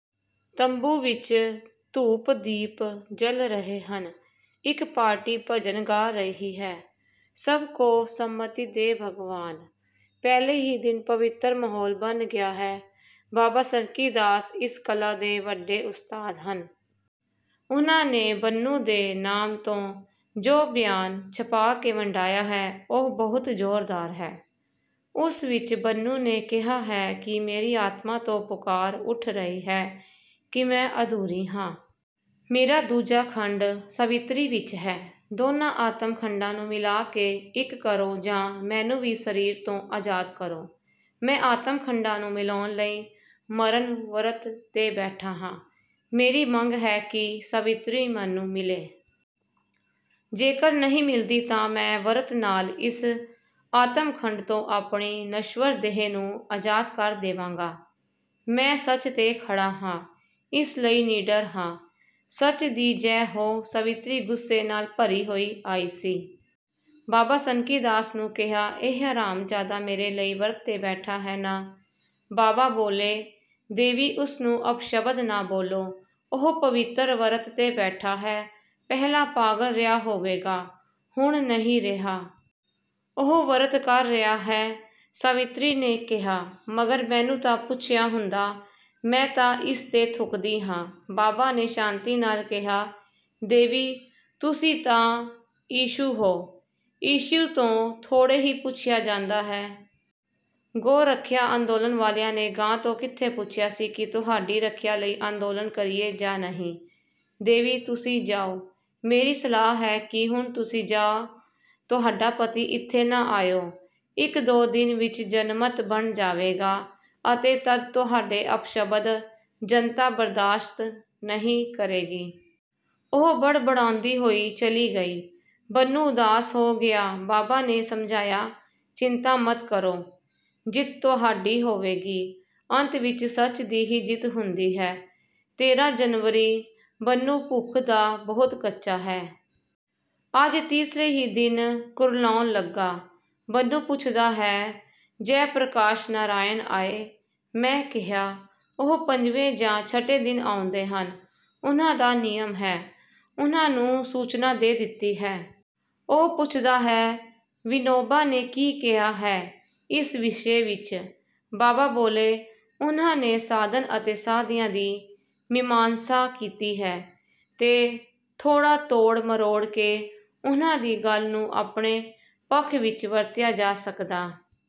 ਤੰਬੂ ਵਿੱਚ ਧੂਪ -ਦੀਪ ਜਲ ਰਹੇ ਹਨ। ਇੱਕ ਪਾਰਟੀ ਭਜਨ ਗਾ ਰਹੀ ਹੈ । ਸਭ ਕੋ ਸੰਮਤੀ ਦੇ ਭਗਵਾਨ! ਪਹਿਲੇ ਹੀ ਦਿਨ ਪਵਿਤਰ ਮਾਹੌਲ ਬਣ ਗਿਆ ਹੈ। ਬਾਬਾ ਸਨਕੀਦਾਸ ਇਸ ਕਲਾ ਦੇ ਵੱਡੇ ਉਸਤਾਦ ਹਨ। ਉਨ੍ਹਾਂ ਨੇ ਬੰਨੂ ਦੇ ਨਾਮ ਤੋਂ ਜੋ ਬਿਆਨ ਛਪਾ ਕੇ ਵੰਡਾਇਆ ਹੈ, ਉਹ ਬਹੁਤ ਜੋਰਦਾਰ ਹੈ। ਉਸ ਵਿੱਚ ਬੰਨੂ ਨੇ ਕਿਹਾ ਹੈ ਕਿ ਮੇਰੀ ਆਤਮਾ ਤੋਂ ਪੁਕਾਰ ਉਠ ਰਹੀ ਹੈ ਕਿ ਮੈਂ ਅਧੂਰੀ ਹਾਂ। ਮੇਰਾ ਦੂਜਾ ਖੰਡ ਸਾਵਿਤਰੀ ਵਿੱਚ ਹੈ। ਦੋਨਾਂ ਆਤਮ ਖੰਡਾਂ ਨੂੰ ਮਿਲਾਕੇ ਇੱਕ ਕਰੋ ਜਾਂ ਮੈਨੂੰ ਵੀ ਸਰੀਰ ਤੋਂ ਅਜ਼ਾਦ ਕਰੋ। ਮੈਂ ਆਤਮ -ਖੰਡਾਂ ਨੂੰ ਮਿਲਾਉਣ ਲਈ ਮਰਨ ਵਰਤ ਤੇ ਬੈਠਾ ਹਾਂ। ਮੇਰੀ ਮੰਗ ਹੈ ਕਿ ਸਾਵਿਤਰੀ ਮੈਨੂੰ ਮਿਲੇ। ਜੇਕਰ ਨਹੀਂ ਮਿਲਦੀ ਤਾਂ ਮੈਂ ਵਰਤ ਨਾਲ ਇਸ ਆਤਮ -ਖੰਡ ਤੋਂ ਆਪਣੀ ਨਸ਼ਵਰ ਦੇਹ ਨੂੰ ਅਜ਼ਾਦ ਕਰ ਦੇਵਾਂਗਾ। ਮੈਂ ਸੱਚ ਤੇ ਖੜਾ ਹਾਂ, ਇਸ ਲਈ ਨਿਡਰ ਹਾਂ। ਸੱਚ ਦੀ ਜੈ ਹੋ! ਸਾਵਿਤਰੀ ਗ਼ੁੱਸੇ ਨਾਲ ਭਰੀ ਹੋਈ ਆਈ ਸੀ। ਬਾਬਾ ਸਨਕੀਦਾਸ ਨੂੰ ਕਿਹਾ, "ਇਹ ਹਰਾਮਜਾਦਾ ਮੇਰੇ ਲਈ ਵਰਤ ਤੇ ਬੈਠਾ ਹੈ ਨਾ? " ਬਾਬਾ ਬੋਲੇ, "ਦੇਵੀ, ਉਸਨੂੰ ਅਪਸ਼ਬਦ ਨਾ ਬੋਲੋ । ਉਹ ਪਵਿਤਰ ਵਰਤ ਤੇ ਬੈਠਾ ਹੈ। ਪਹਿਲਾਂ ਪਾਗਲ ਰਿਹਾ ਹੋਵੇਗਾ। ਹੁਣ ਨਹੀਂ ਰਿਹਾ। ਉਹ ਵਰਤ ਕਰ ਰਿਹਾ ਹੈ। " ਸਾਵਿਤਰੀ ਨੇ ਕਿਹਾ, "ਮਗਰ ਮੈਨੂੰ ਤਾਂ ਪੁੱਛਿਆ ਹੁੰਦਾ। ਮੈਂ ਤਾਂ ਇਸ ਤੇ ਥੁਕਦੀ ਹਾਂ। " ਬਾਬਾ ਨੇ ਸ਼ਾਂਤੀ ਨਾਲ ਕਿਹਾ, "ਦੇਵੀ, ਤੁਸੀਂ ਤਾਂ ਇਸ਼ੂ ਹੋ। ਇਸ਼ੂ ਤੋਂ ਥੋੜ੍ਹੇ ਹੀ ਪੁੱਛਿਆ ਜਾਂਦਾ ਹੈ। ਗੋਰੱਖਿਆ ਅੰਦੋਲਨ ਵਾਲਿਆਂ ਨੇ ਗਾਂ ਤੋਂ ਕਿੱਥੇ ਪੁੱਛਿਆ ਸੀ ਕਿ ਤੁਹਾਡੀ ਰੱਖਿਆ ਲਈ ਅੰਦੋਲਨ ਕਰੀਏ ਜਾਂ ਨਹੀਂ। ਦੇਵੀ, ਤੁਸੀਂ ਜਾਉ। ਮੇਰੀ ਸਲਾਹ ਹੈ ਕਿ ਹੁਣ ਤੁਸੀਂ ਜਾਂ ਤੁਹਾਡਾ ਪਤੀ ਇੱਥੇ ਨਾ ਆਇਉ। ਇੱਕ-ਦੋ ਦਿਨ ਵਿੱਚ ਜਨਮਤ ਬਣ ਜਾਵੇਗਾ ਅਤੇ ਤੱਦ ਤੁਹਾਡੇ ਅਪਸ਼ਬਦ ਜਨਤਾ ਬਰਦਾਸ਼ਤ ਨਹੀਂ ਕਰੇਗੀ। " ਉਹ ਬੜਬੜਾਉਂਦੀ ਹੋਈ ਚੱਲੀ ਗਈ। ਬੰਨੂ ਉਦਾਸ ਹੋ ਗਿਆ। ਬਾਬਾ ਨੇ ਸਮਝਾਇਆ, "ਚਿੰਤਾ ਮਤ ਕਰੋ। ਜਿੱਤ ਤੁਹਾਡੀ ਹੋਵੇਗੀ। ਅੰਤ ਵਿੱਚ ਸੱਚ ਦੀ ਹੀ ਜਿੱਤ ਹੁੰਦੀ ਹੈ। ਤੇਰ੍ਹਾਂ ਜਨਵਰੀ ਬੰਨੂ ਭੁੱਖ ਦਾ ਬਹੁਤ ਕੱਚਾ ਹੈ। ਅੱਜ ਤੀਸਰੇ ਹੀ ਦਿਨ ਕੁਰਲਾਉਣ ਲਗਾ। ਬੰਨੂ ਪੁੱਛਦਾ ਹੈ, "ਜੈ ਪ੍ਰਕਾਸ਼ ਨਰਾਇਣ ਆਏ? " ਮੈਂ ਕਿਹਾ, "ਉਹ ਪੰਜਵੇਂ ਜਾਂ ਛਠੇ ਦਿਨ ਆਉਂਦੇ ਹਨ। ਉਨ੍ਹਾਂ ਦਾ ਨਿਯਮ ਹੈ। ਉਨ੍ਹਾਂ ਨੂੰ ਸੂਚਨਾ ਦੇ ਦਿੱਤੀ ਹੈ। " ਉਹ ਪੁੱਛਦਾ ਹੈ, "ਵਿਨੋਬਾ ਨੇ ਕੀ ਕਿਹਾ ਹੈ ਇਸ ਵਿਸ਼ੇ ਵਿੱਚ? " ਬਾਬਾ ਬੋਲੇ, "ਉਨ੍ਹਾਂ ਨੇ ਸਾਧਨ ਅਤੇ ਸਾਧਿਆ ਦੀ ਮੀਮਾਂਸਾ ਕੀਤੀ ਹੈ, ਤੇ ਥੋੜ੍ਹਾ ਤੋੜ ਮਰੋੜ ਕੇ ਉਨ੍ਹਾਂ ਦੀ ਗੱਲ ਨੂੰ ਆਪਣੇ ਪੱਖ ਵਿੱਚ ਵਰਤਿਆ ਜਾ ਸਕਦਾ।